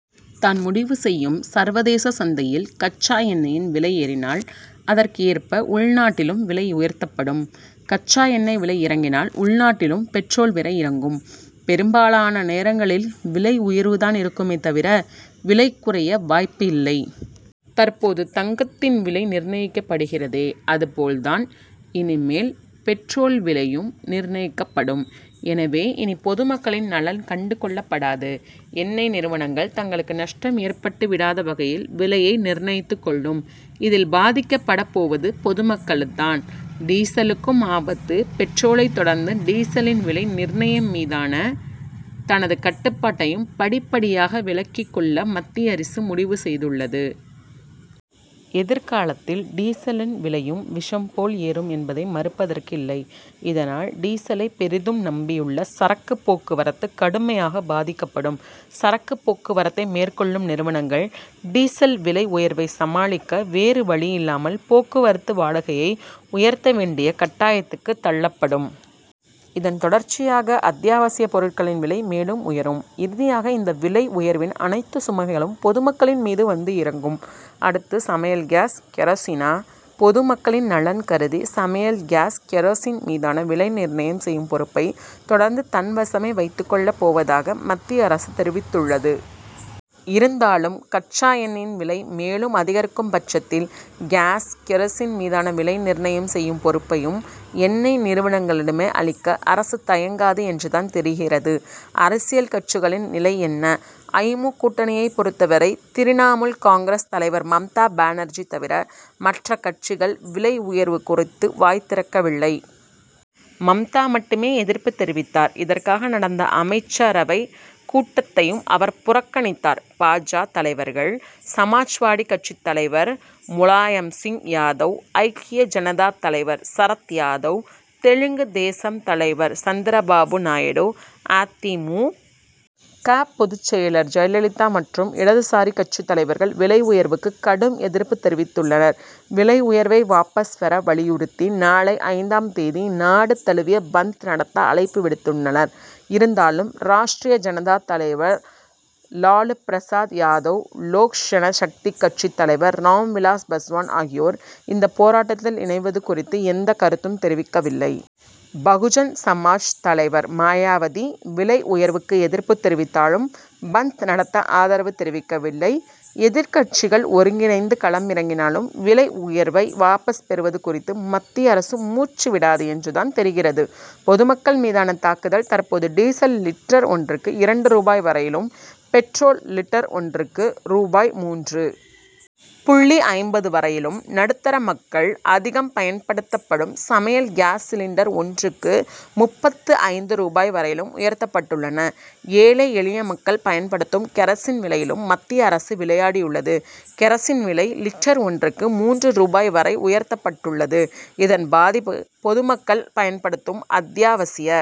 தான் முடிவு செய்யும். சர்வதேச சந்தையில் கச்சா எண்ணெயின் விலை ஏறினால், அதற்கு ஏற்ப உள்நாட்டிலும் விலை உயர்த்தப்படும். கச்சா எண்ணெய் விலை இறங்கினால், உள்நாட்டிலும் பெட்ரோல் விலை இறங்கும். பெரும்பாலான நேரங்களில் விலை உயர்வு தான் இருக்குமே தவிர, விலை குறைய வாய்ப்பு இல்லை. தற்போது தங்கத்தின் விலை நிர்ணயிக்கப்படுகிறதே, அதுபோல் தான் இனிமேல் பெட்ரோல் விலையும் நிர்ணயிக்கப்படும். எனவே, இனி பொதுமக்களின் நலன் கண்டு கொள்ளப்படாது. எண்ணெய் நிறுவனங்கள், தங்களுக்கு நஷ்டம் ஏற்பட்டு விடாத வகையில் விலையை நிர்ணயித்துக் கொள்ளும். இதில் பாதிக்கப்படப் போவது பொதுமக்கள் தான். டீசலுக்கும் ஆபத்து பெட்ரோலைத் தொடர்ந்து, டீசலின் விலை நிர்ணயம் மீதான தனது கட்டுப்பாட்டையும் படிப்படியாக விலக்கிக் கொள்ள மத்திய அரசு முடிவு செய்துள்ளது. எதிர்காலத்தில் டீசலின் விலையும் விஷம் போல் ஏறும் என்பதை மறுப்பதற்கு இல்லை. இதனால், டீசலை பெரிதும் நம்பியுள்ள சரக்கு போக்குவரத்து கடுமையாக பாதிக்கப்படும். சரக்கு போக்குவரத்தை மேற்கொள்ளும் நிறுவனங்கள், டீசல் விலை உயர்வை சமாளிக்க, வேறு வழியில்லாமல் போக்குவரத்து வாடகையை உயர்த்த வேண்டிய கட்டாயத்துக்கு தள்ளப்படும். இதன் தொடர்ச்சியாக அத்தியாவசியப் பொருட்களின் விலை மேலும் உயரும். இறுதியாக, இந்த விலை உயர்வின் அனைத்து சுமைகளும் பொதுமக்களின் மீது வந்து இறங்கும். அடுத்து சமையல் காஸ், கெரசினா? பொதுமக்களின் நலன் கருதி, சமையல் காஸ், கெரசின் மீதான விலை நிர்ணயம் செய்யும் பொறுப்பை, தொடர்ந்து தன்வசமே வைத்துக் கொள்ளப் போவதாக மத்திய அரசு தெரிவித்துள்ளது. இருந்தாலும், கச்சா எண்ணெயின் விலை மேலும் அதிகரிக்கும் பட்சத்தில் காஸ், கெரசின் மீதான விலை நிர்ணயம் செய்யும் பொறுப்பையும், எண்ணெய் நிறுவனங்களிடமே அளிக்க, அரசு தயங்காது என்று தான் தெரிகிறது. அரசியல் கட்சிகளின் நிலை என்ன? ஐ. மு., கூட்டணியை பொறுத்தவரை, திரிணமுல் காங்கிரஸ் தலைவர் மம்தா பானர்ஜி தவிர, மற்ற கட்சிகள் விலை உயர்வு குறித்து வாய் திறக்கவில்லை. மம்தா மட்டுமே எதிர்ப்பு தெரிவித்தார். இதற்காக நடந்த அமைச்சரவை கூட்டத்தையும் அவர் புறக்கணித்தார். பா. ஜ., தலைவர்கள், சமாஜ்வாடி கட்சி தலைவர் முலாயம் சிங் யாதவ், ஐக்கிய ஜனதா தள தலைவர் சரத் யாதவ், தெலுங்கு தேசம் தலைவர் சந்திரபாபு நாயுடு, அ. தி. மு. க., பொதுச் செயலர் ஜெயலலிதா மற்றும் இடதுசாரி கட்சி தலைவர்கள் விலை உயர்வுக்கு கடும் எதிர்ப்பு தெரிவித்துள்ளனர். விலை உயர்வை வாபஸ் பெற வலியுறுத்தி, நாளை ஐந்தாம் தேதி நாடு தழுவிய பந்த் நடத்த அழைப்பு விடுத்துள்ளனர். இருந்தாலும், ராஷ்டிரிய ஜனதா தள தலைவர் லாலு பிரசாத் யாதவ், லோக் ஜனசக்தி கட்சி தலைவர் ராம்விலாஸ் பஸ்வான் ஆகியோர் இந்த போராட்டத்தில் இணைவது குறித்து எந்த கருத்தும் தெரிவிக்கவில்லை. பகுஜன் சமாஜ் தலைவர் மாயாவதி, விலை உயர்வுக்கு எதிர்ப்பு தெரிவித்தாலும், பந்த் நடத்த ஆதரவு தெரிவிக்கவில்லை. எதிர்க்கட்சிகள் ஒருங்கிணைந்து களம் இறங்கினாலும், விலை உயர்வை வாபஸ் பெறுவது குறித்து, மத்திய அரசு மூச்சு விடாது என்று தான் தெரிகிறது. பொதுமக்கள் மீதான தாக்குதல் தற்போது டீசல் லிட்டர் ஒன்றுக்கு இரண்டு ரூபாய் வரையிலும், பெட்ரோல் லிட்டர் ஒன்றுக்கு ரூ.மூன்று புள்ளி ஐம்பது வரையிலும், நடுத்தர மக்கள் அதிகம் பயன்படுத்தப்படும் சமையல் காஸ் சிலிண்டர் ஒன்றுக்கு முப்பத்தைந்து ரூபாய் வரையிலும் உயர்த்தப்பட்டுள்ளன. ஏழை, எளிய மக்கள் பயன்படுத்தும் கெரசின் விலையிலும் மத்திய அரசு விளையாடியுள்ளது. கெரசின் விலை லிட்டர் ஒன்றுக்கு மூன்று ரூபாய் வரை உயர்த்தப்பட்டுள்ளது. இதன்பாதிப்பு, பொதுமக்கள் பயன்படுத்தும் அத்தியாவசிய